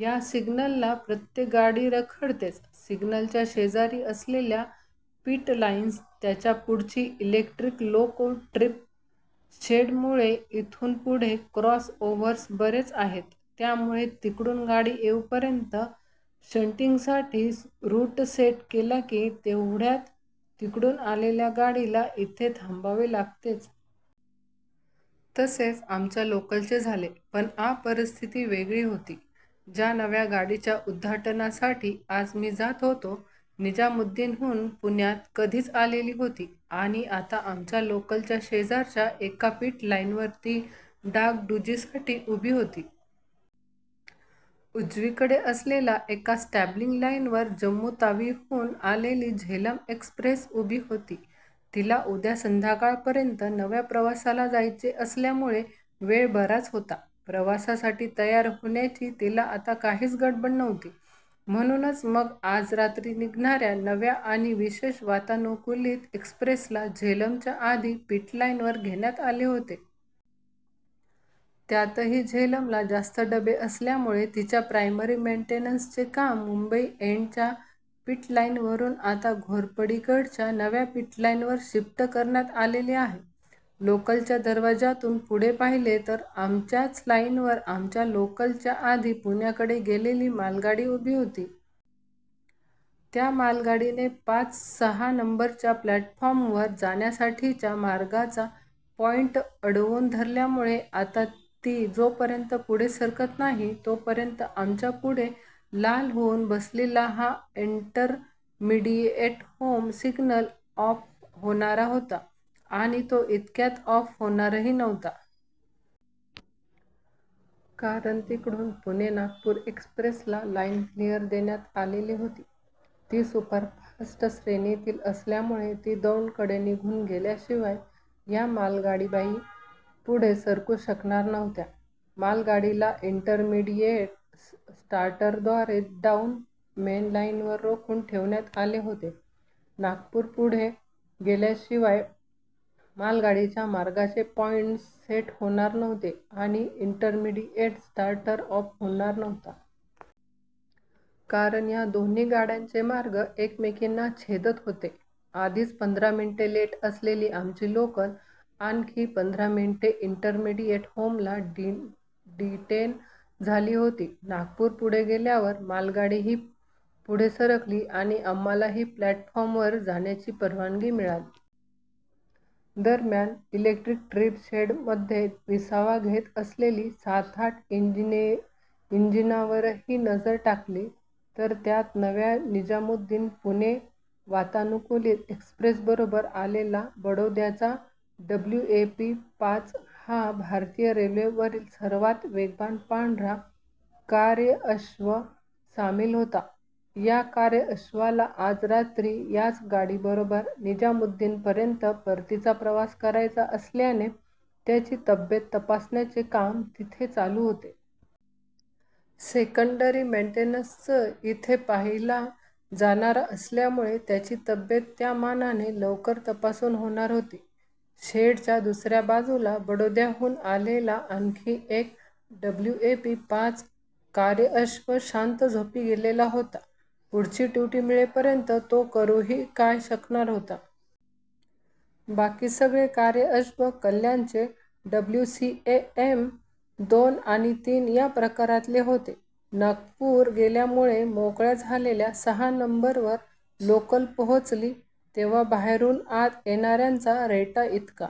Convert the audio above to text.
या सिग्नलला प्रत्येक गाडी रखडतेच. सिग्नलच्या शेजारी असलेल्या पिट लाईन्स, त्याच्या पुढची इलेक्ट्रिक लोको ट्रीप शेडमुळे इथून पुढे क्रॉस ओव्हर्स बरेच आहेत. त्यामुळे तिकडून गाडी येऊपर्यंत शंटिंगसाठी रूट सेट केला की, तेवढ्यात तिकडून आलेल्या गाडीला इथे थांबावे लागतेच. तसेच आमच्या लोकलचे झाले. पण आ परिस्थिती वेगळी होती. ज्या नव्या गाडीच्या उद्घाटनासाठी आज मी जात होतो, निजामुद्दीनहून पुण्यात कधीच आलेली होती आणि आता आमच्या लोकलच्या शेजारच्या एका पिट लाईनवर ती डागडुजीसाठी उभी होती. उजवीकडे असलेल्या एका स्टॅब्लिंग लाईनवर जम्मुतावीहून आलेली झेलम एक्सप्रेस उभी होती. तिला उद्या संध्याकाळपर्यंत नव्या प्रवासाला जायचे असल्यामुळे वेळ बराच होता. प्रवासासाठी तयार होण्याची तिला आता काहीच गडबड नव्हती. म्हणूनच मग आज रात्री निघणाऱ्या नव्या आणि विशेष वातानुकूलित एक्सप्रेसला झेलमच्या आधी पिटलाईनवर घेण्यात आले होते. त्यातही झेलमला जास्त डबे असल्यामुळे तिच्या प्रायमरी मेंटेनंसचे काम मुंबई एंडच्या पिटलाईनवरून आता घोरपडीकडच्या नव्या पिटलाईनवर शिफ्ट करण्यात आलेले आहे. लोकलच्या दरवाज्यातून पुढे पाहिले तर, आमच्याच लाईनवर आमच्या लोकलच्या आधी पुण्याकडे गेलेली मालगाडी उभी होती. त्या मालगाडीने पाच-सहा नंबरच्या प्लॅटफॉर्मवर जाण्यासाठीच्या मार्गाचा पॉईंट अडवून धरल्यामुळे आता ती जोपर्यंत पुढे सरकत नाही, तोपर्यंत आमच्या पुढे लाल होऊन बसलेला हा इंटरमीडिएट होम सिग्नल ऑफ होणार नव्हता. आणि तो इतक्यात ऑफ होणारही नव्हता. कारण तिकडून पुणे-नागपूर एक्सप्रेसला लाईन क्लिअर देण्यात आलेली होती. ती सुपरफास्ट श्रेणीतील असल्यामुळे ती दौंडकडे निघून गेल्याशिवाय या मालगाडीबाई पुढे सरकू शकणार नव्हत्या. मालगाडीला इंटरमीडिएट स्टार्टरद्वारे डाऊन मेनलाईनवर रोखून ठेवण्यात आले होते. नागपूर पुढे गेल्याशिवाय मालगाडीच्या मार्गाचे पॉईंटस् सेट होणार नव्हते आणि इंटरमीडिएट स्टार्टर ऑफ होणार नव्हता. कारण या दोन्ही गाड्यांचे मार्ग एकमेकींना छेदत होते. आधीच पंधरा मिनिटे लेट असलेली आमची लोकल आणखी पंधरा मिनिटे इंटरमीडिएट होमला डिटेन झाली होती. नागपूर पुढे गेल्यावर मालगाडीही पुढे सरकली आणि आम्हालाही प्लॅटफॉर्मवर जाण्याची परवानगी मिळाली. दरम्यान, इलेक्ट्रिक ट्रीप शेडमध्ये विसावा घेत असलेली सात-आठ इंजिनांवरही नजर टाकली, तर त्यात नव्या निजामुद्दीन-पुणे वातानुकूलित एक्सप्रेसबरोबर आलेला बडोद्याचा डब्ल्यूएपी-पाच हा भारतीय रेल्वेवरील सर्वांत वेगवान पांढरा कार्यअश्व सामील होता. या कार्यअश्वाला आज रात्री याच गाडीबरोबर निजामुद्दीनपर्यंत परतीचा प्रवास करायचा असल्याने त्याची तब्येत तपासण्याचे काम तिथे चालू होते. सेकंडरी मेन्टेनंसच इथे पाहिला जाणार असल्यामुळे त्याची तब्येत त्या मानाने लवकर तपासून होणार होती. शेडच्या दुसऱ्या बाजूला बडोद्याहूनच आलेला आणखी एक डब्ल्यूएपी-पाच कार्यअश्व शांत झोपी गेलेला होता. पुढची ड्युटी मिळेपर्यंत तो करूही काय शकणार होता? बाकी सगळे कार्यअश्व कल्याणचे डब्ल्यूसीएएम-दोन आणि तीन या प्रकारातले होते. नागपूर गेल्यामुळे मोकळ्या झालेल्या सहा नंबरवर लोकल पोहचली तेव्हा बाहेरून आत येणाऱ्यांचा रेटा इतका